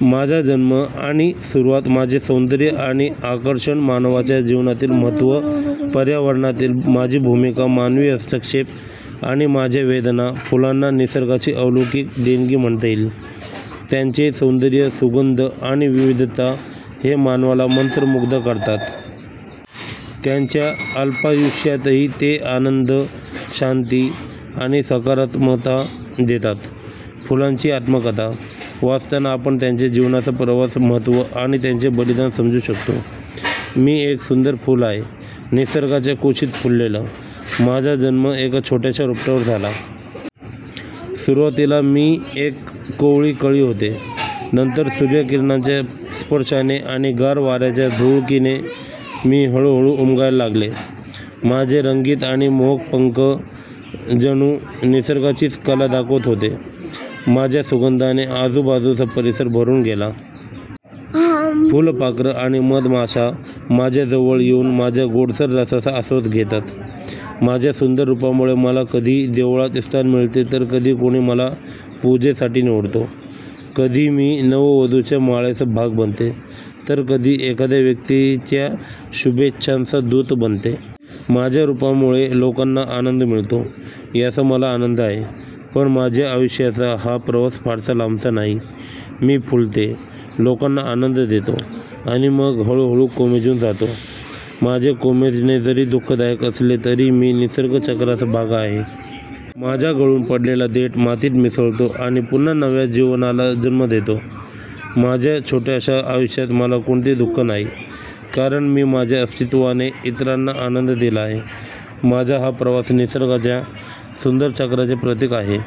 माझा जन्म आणि सुरुवात माझे सौंदर्य आणि आकर्षण मानवाच्या जीवनातील महत्त्व पर्यावरणातील माझी भूमिका मानवी हस्तक्षेप आणि माझ्या वेदना फुलांना निसर्गाची अलौकिक देणगी म्हणता येईल. त्यांचे सौंदर्य, सुगंध, आणि विविधता हे मानवाला मंत्रमुग्ध करतात. त्यांच्या अल्पायुष्यातही ते आनंद, शांती, आणि सकारात्मकता देतात. फुलांची आत्मकथा वाचताना आपण त्यांच्या जीवनाचा प्रवास, महत्त्व, आणि त्यांचे बलिदान समजू शकतो. मी एक सुंदर फूल आहे, निसर्गाच्या कुशीत फुललेले. माझा जन्म एका छोट्याशा रोपट्यावर झाला. सुरुवातीला मी एक कोवळी कळी होते. नंतर सूर्यकिरणांच्या स्पर्शाने आणि गार वाऱ्याच्या झुळुकीने मी हळूहळू उमलायला लागले. माझे रंगीत आणि मोहक पंख जणू निसर्गाचीच कला दाखवत होते. माझ्या सुगंधाने आजूबाजूचा परिसर भरून गेला. फुलपाखरं आणि मधमाशा माझ्याजवळ येऊन माझ्या गोडसर रसाचा आस्वाद घेतात. माझ्या सुंदर रूपामुळे मला कधी देवळात स्थान मिळते, तर कधी कोणी मला पूजेसाठी निवडतो. कधी मी नववधूच्या माळेचा भाग बनते, तर कधी एखाद्या व्यक्तीच्या शुभेच्छांचा दूत बनते. माझ्या रूपामुळे लोकांना आनंद मिळतो, याचा मला आनंद आहे. पण माझ्या आयुष्याचा हा प्रवास फारसा लांबचा नाही. मी फुलते, लोकांना आनंद देतो आणि मग हळूहळू कोमेजून जातो. माझे कोमेजणे जरी दुःखदायक असले तरी मी निसर्गचक्राचा भाग आहे. माझा गळून पडलेला देठ मातीत मिसळतो आणि पुन्हा नव्या जीवनाला जन्म देतो. माझ्या छोट्याशा आयुष्यात मला कोणतेही दुःख नाही, कारण मी माझ्या अस्तित्वाने इतरांना आनंद दिला आहे. माझा हा प्रवास निसर्गाच्या सुंदर चक्राचे प्रतीक आहे.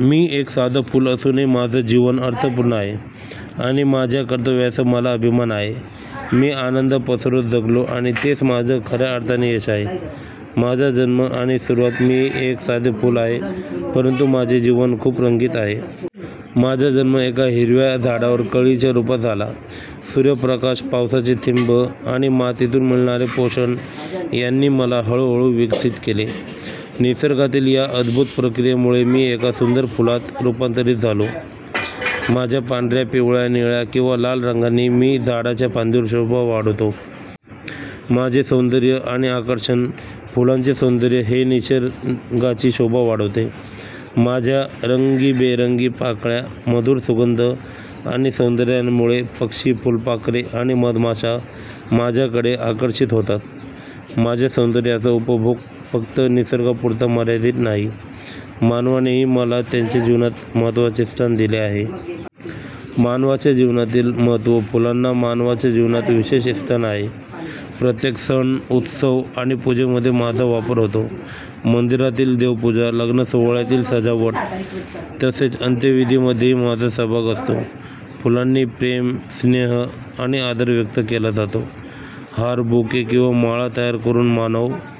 मी एक साधं फूल असूनही माझं जीवन अर्थपूर्ण आहे, आणि माझ्या कर्तव्याचा मला अभिमान आहे. मी आनंद पसरवत जगलो आणि तेच माझं खऱ्या अर्थाने यश आहे. माझा जन्म आणि सुरुवात मी एक साधे फूल आहे, परंतु माझे जीवन खूप रंगीत आहे. माझा जन्म एका हिरव्या झाडावर कळीच्या रूपात झाला. सूर्यप्रकाश, पावसाचे थेंब, आणि मातीतून मिळणारे पोषण यांनी मला हळूहळू विकसित केले. निसर्गातील या अद्भुत प्रक्रियेमुळे मी एका सुंदर फुलात रूपांतरित झालो. माझ्या पांढऱ्या, पिवळ्या, निळ्या, किंवा लाल रंगांनी मी झाडाच्या फांदीवर शोभा वाढवतो. माझे सौंदर्य आणि आकर्षण फुलांचे सौंदर्य हे निसर्गाची शोभा वाढवते. माझ्या रंगीबेरंगी पाकळ्या, मधुर सुगंध, आणि सौंदर्यामुळे पक्षी, फुलपाखरे, आणि मधमाशा माझ्याकडे आकर्षित होतात. माझ्या सौंदर्याचा उपयोग फक्त निसर्गापुरता मर्यादित नाही, मानवानेही मला त्यांच्या जीवनात महत्त्वाचे स्थान दिले आहे. मानवाच्या जीवनातील महत्त्व फुलांना मानवाच्या जीवनात विशेष स्थान आहे. प्रत्येक सण, उत्सव, आणि पूजेमध्ये माझा वापर होतो. मंदिरातील देवपूजा, लग्नसोहळ्यातील सजावट, तसेच अंत्यविधीमध्येही माझा सहभाग असतो. फुलांनी प्रेम, स्नेह, आणि आदर व्यक्त केला जातो. हार, बुके, किंवा माळा तयार करून मानव